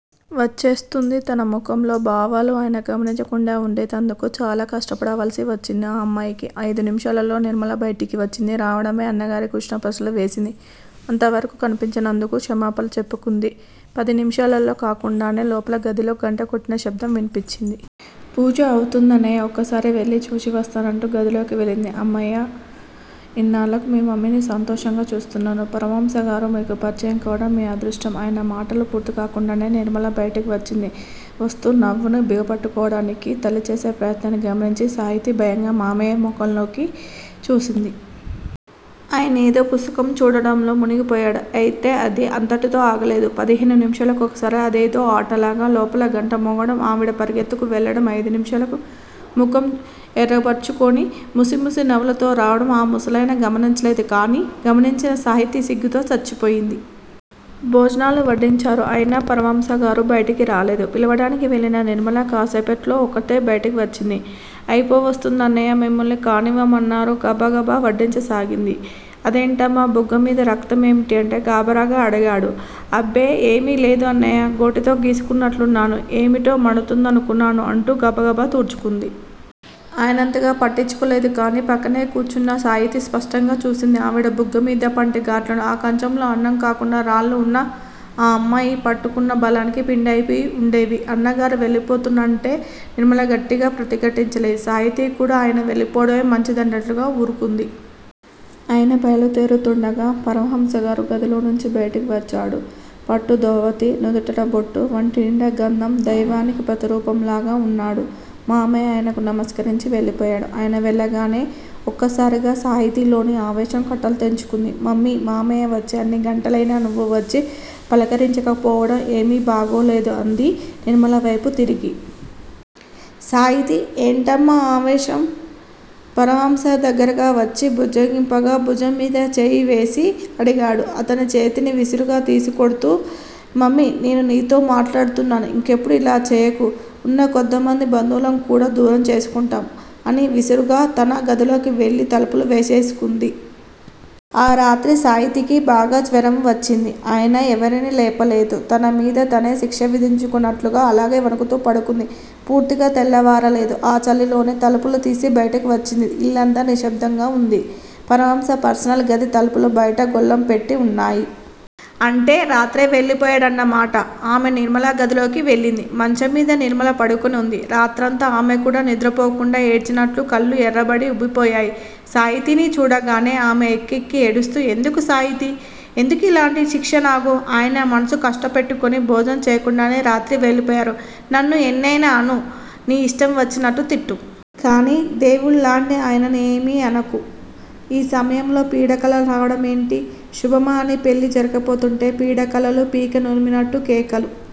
వచ్చేస్తోంది తన ముఖంలో భావాలు ఆయన గమనించకుండా ఉండేందుకు చాలా కష్టపడవలసి వచ్చింది ఆ అమ్మాయికి. అయిదు నిమిషాలల్లో నిర్మల బయటకు వచ్చింది. రావడమే అన్నగారిని కుశల ప్రశ్నలు వేసింది. అంత వరకూ కనిపించనందుకు క్షమాపణ చెప్పుకుంది. పది నిముషాలు కాకుండానే లోపల గదిలో గంట కొట్టిన శబ్దం వినిపించింది. పూజ అవుతోందన్నయ్యా ఒక్కసారి వెళ్ళి చూసి వస్తాను అంటూ గదిలోకి వెళ్ళింది. హమ్మయ్యా! ఇన్నాళ్ళకు మీ మమ్మీని సంతోషంగా చూస్తున్నాను. పరమహంసగారు మీకు పరిచయం కావడం మీ అదృష్టం ఆయన మాటలు పూర్తిగాకుండానే నిర్మల బైటకు వచ్చింది. వస్తున్న నవ్వుని బిగపట్టుకోవడానికి తల్లిచేసే ప్రయత్నం గమనించి, సాహితి భయంగా మావయ్య మొహంలోకి చూసింది. ఆయనేదో పుస్తకం చూడటంలో మునిగిపోయాడు. అయితే అది అంతటితో ఆగలేదు. పదిహేను నిమిషాలకోసారి అదేదో ఆటలాగా లోపల గంట మోగడం ఆవిడ పరుగెత్తుకు వెళ్ళడం అయిదు నిమిషాలకి ముఖం ఎర్రబరుచుకొని ముసిముసి నవ్వులతో రావడం ఆ ముసలయన గమనించలేదు గాని, గమనించిన సాహితి సిగ్గుతో చచ్చిపోయింది. భోజనాలు వడ్డించారు. అయినా పరమహంస బయటకు రాలేదు. పిలవడానికి వెళ్ళిన నిర్మల కాస్సేపట్లో ఒక్కతే బయటికి వచ్చింది. అయిపోవస్తుందన్నయ్యా! మిమ్మల్ని కానివ్వమన్నారు గబగబా వడ్డించసాగింది. అదేంటమ్మా బుగ్గమీద రక్తం ఏమిటీ? గాబరాగా అడిగాడు. అబ్బే, ఏమీ లేదు అన్నయ్యా! గోటితో గీసుకునట్లున్నాను. ఏమిటో మండుతోందనుకున్నాను అంటూ గబగబా తుడుచుకుంది. ఆయనంతగా పట్టించుకోలేదు గాని, పక్కనే కూర్చున్న సాహితి స్పష్టంగా చూసింది ఆవిడ బుగ్గల మీద పంటిగాట్లు! ఆ కంచంలో అన్నం కాకుండా, రాళ్ళు వున్నా ఆ అమ్మాయి పట్టుకున్న బలానికి పిండి అయిపోయి వుండేవి. అన్నగారు వెళ్ళిపోతానంటే నిర్మల గట్టిగా ప్రతిఘటించలేదు. సాహితి కూడా ఆయన వెళ్ళిపోవడమే మంచిదన్నట్లుగా వూరుకుంది. ఆయన బయలు దేరుతుండగా పరమహంస గదిలోంచి బయటకు వచ్చాడు. పట్టు ధోవతి, నుదుటి బొట్టూ, వంటినిండా గంధం దైవానికి ప్రతిరూపంలా వున్నాడు. మావయ్య ఆయనకు నమస్కరించి వెళ్ళిపోయాడు. ఆయన వెళ్ళగానే ఒక్కసారిగా సాహితిలో ఆవేశం కట్టలు తెంచుకుంది. మమ్మీ! మావయ్య వచ్చి అన్ని గంటలైనా నువ్వు వచ్చి పలకరించకపోవడం ఏమీ బాగోలేదు అంది నిర్మలవైపు తిరిగి. సాహితీ! ఏమిటమ్మా ఆవేశం? పరమహంస దగ్గరగా వచ్చి బుజ్జగింపుగా భుజంమీద చెయ్యివేసి అడిగాడు. అతని చేతిని విసురుగా తీసికొడ్తూ మమ్మీ నేను నీతో మాట్లాడుతున్నాను ఇంకెప్పుడూ ఇలా చేయకు. ఉన్న కొద్దిమంది బంధువులను కూడా దూరం చేసుకుంటాం అని విసురుగా తన గదిలోకి వెళ్ళి తలుపులు వేసేసుకుంది. ఆ రాత్రి సాహితికి బాగా జ్వరం వచ్చింది. అయినా ఎవర్నీ లేపలేదు. తనమీద తనే శిక్ష విధించుకున్నట్లు అలాగే వణుకుతూ పడుకుంది. పూర్తిగా తెల్లవారలేదు. ఆ చలిలోనే తలుపు తీసి బయటకు వచ్చింది. ఇల్లంతా నిశ్శబ్దంగా వుంది. పరమహంస పెర్సనల్ గది తలుపులు బయట గొళ్ళెం పెట్టి వున్నాయి. అంటే రాత్రే వెళ్ళిపోయాడన్నమాట. ఆమె నిర్మల గదిలోకి వెళ్ళింది. మంచం మీద నిర్మల పడుకుంది. రాత్రంతా ఆమెకూడా నిద్రపోకుండా ఏడ్చినట్లు కళ్ళు ఎర్రబడి వుబ్బి పోయాయి. సాహితిని చూడగానే ఆమె వెక్కి వెక్కి ఏడుస్తూ ఎందుకు సాహితీ! ఎందుకిలాంటి శిక్ష నాకు? ఆయన మనసు కష్టపెట్టుకుని భోజనం చెయ్యకుండా రాత్రే వెళ్ళిపోయారు నన్ను ఎన్నయినా అను నీ ఇష్టం వచ్చినట్లు తిట్టు. కానీ దేవుడిలాంటి ఆయన్ని ఏమీ అనకు. ఈ సమయంలో పీడకల రావడం ఏమిటి? శుభమా అని పెళ్ళి జరగబోతుంటే పీడకలలూ, పీక నులిమినట్టు కేకలూ-